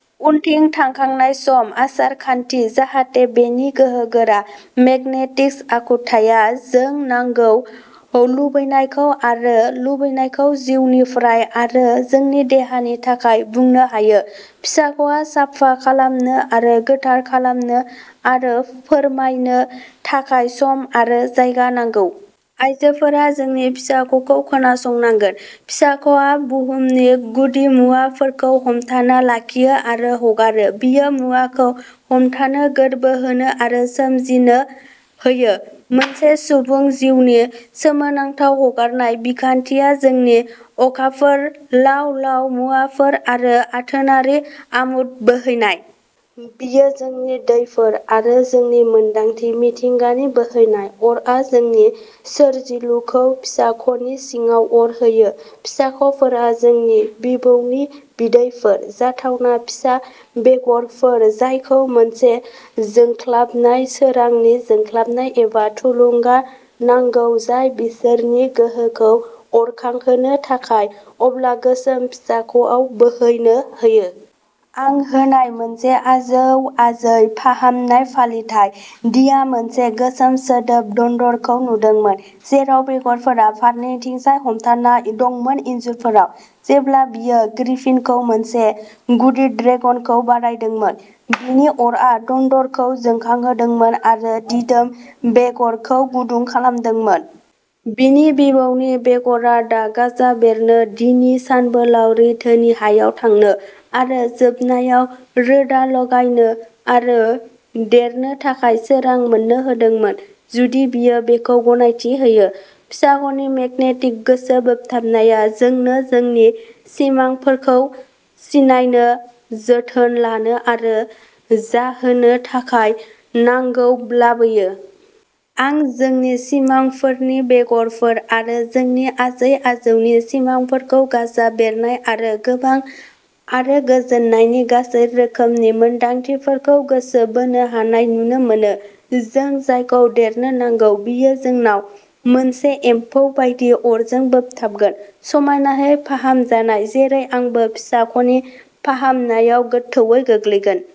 उनथिं थांखांनाय सम, आसार खान्थि जाहाथे बेनि गोहोगोरा मेगनेटिस आखुथाया जों नांगौ, लुबैनायखौ आरो लुबैनायखौ जिउनिफ्राय आरो जोंनि देहानि थाखाय बुंनो हायो। फिसाख'आ साफा खालामनो आरो गोथार खालामनो आरो फोरमायनो थाखाय सम आरो जायगा नांगौ। आइजोफोरा जोंनि फिसाख'खौ खोनासंनांगोन। फिसाख'आ बुहुमनि गुदिमुवाफोरखौ हमथाना लाखियो आरो हगारो बेयो मुवाखौ हमथानो, गोर्बो होनो आरो सोमजिनो होयो, मोनसे सुबुं जिउनि सोमोनांथाव हगारनाय बिखान्थिया जोंनि अखाफोर, लाव लाव मुवाफोर आरो आथोनारि अमुत बोहैनाय। बेयो जोंनि दैफोर आरो जोंनि मोन्दांथि मिथिंगानि बोहैनाय। अरआ जोंनि सोरजिलुखौ फिसाख'नि सिङाव अर होयो। फिसाख'फोरा जोंनि बिबौनि बिदैफोर। जाथावना फिसा बेगरफोर जायखौ मोनसे जोंख्लाबनाय, सोरांनि जोंख्लाबनाय एबा थुलुंगा नांगौ जाय बिसोरनि गोहोखौ अरखांहोनो थाखाय अब्ला गोसोम फिसाख'आव बोहैनो होयो। आं होनाय मोनसे आजौ आजै फाहामनाय फालिथाय, डीआ मोनसे गोसोम सिदोब दन्दरखौ नुदोंमोन, जेराव बेगरफोरा फारनैथिंजाय हमथाना दंमोन इन्जुरफोराव। जेब्ला बियो ग्रिफिनखौ, मोनसे गुदि ड्रेगनखौ बारायदोंमोन, बिनि अरआ दन्दरखौ जोंखांहोदोंमोन आरो दिदोम बेगरखौ गुदुं खालामदोंमोन। बिनि बिबौनि बेगरा दा गाजा बेरनो, डीनि सानबोलावरिनि धोनि हायाव थांनो, आरो जोबनायाव रोदा लगायनो आरो देरनो थाखाय सोरां मोननो होदोंमोन, जुदि बियो बेखौ गनायथि होयो। फिसाख'नि मेगनेटिक गोसो बोगथाबनाया जोंनो जोंनि सिमांफोरखौ सिनायनो, जोथोन लानो आरो जाहोनो थाखाय नांगौ लाबोयो। आं जोंनि सिमांफोरनि बेगरफोर आरो जोंनि आजै आजौनि सिमांफोरखौ गाजा बेरनाय आरो गोबां आरो गोजोननायनि गासै रोखोमनि मोनदांथिफोरखौ गोसो बोनो हानाय नुनो मोनो। जों जायखौ देरनो नांगौ, बेयो जोंनाव मोनसे एम्फौ बायदि अरजों बोगथाबगोन। समायनाहे फाहामजानाय, जेरै आंबो, फिसाख'नि फाहामनायाव गोथौवै गोग्लैगोन।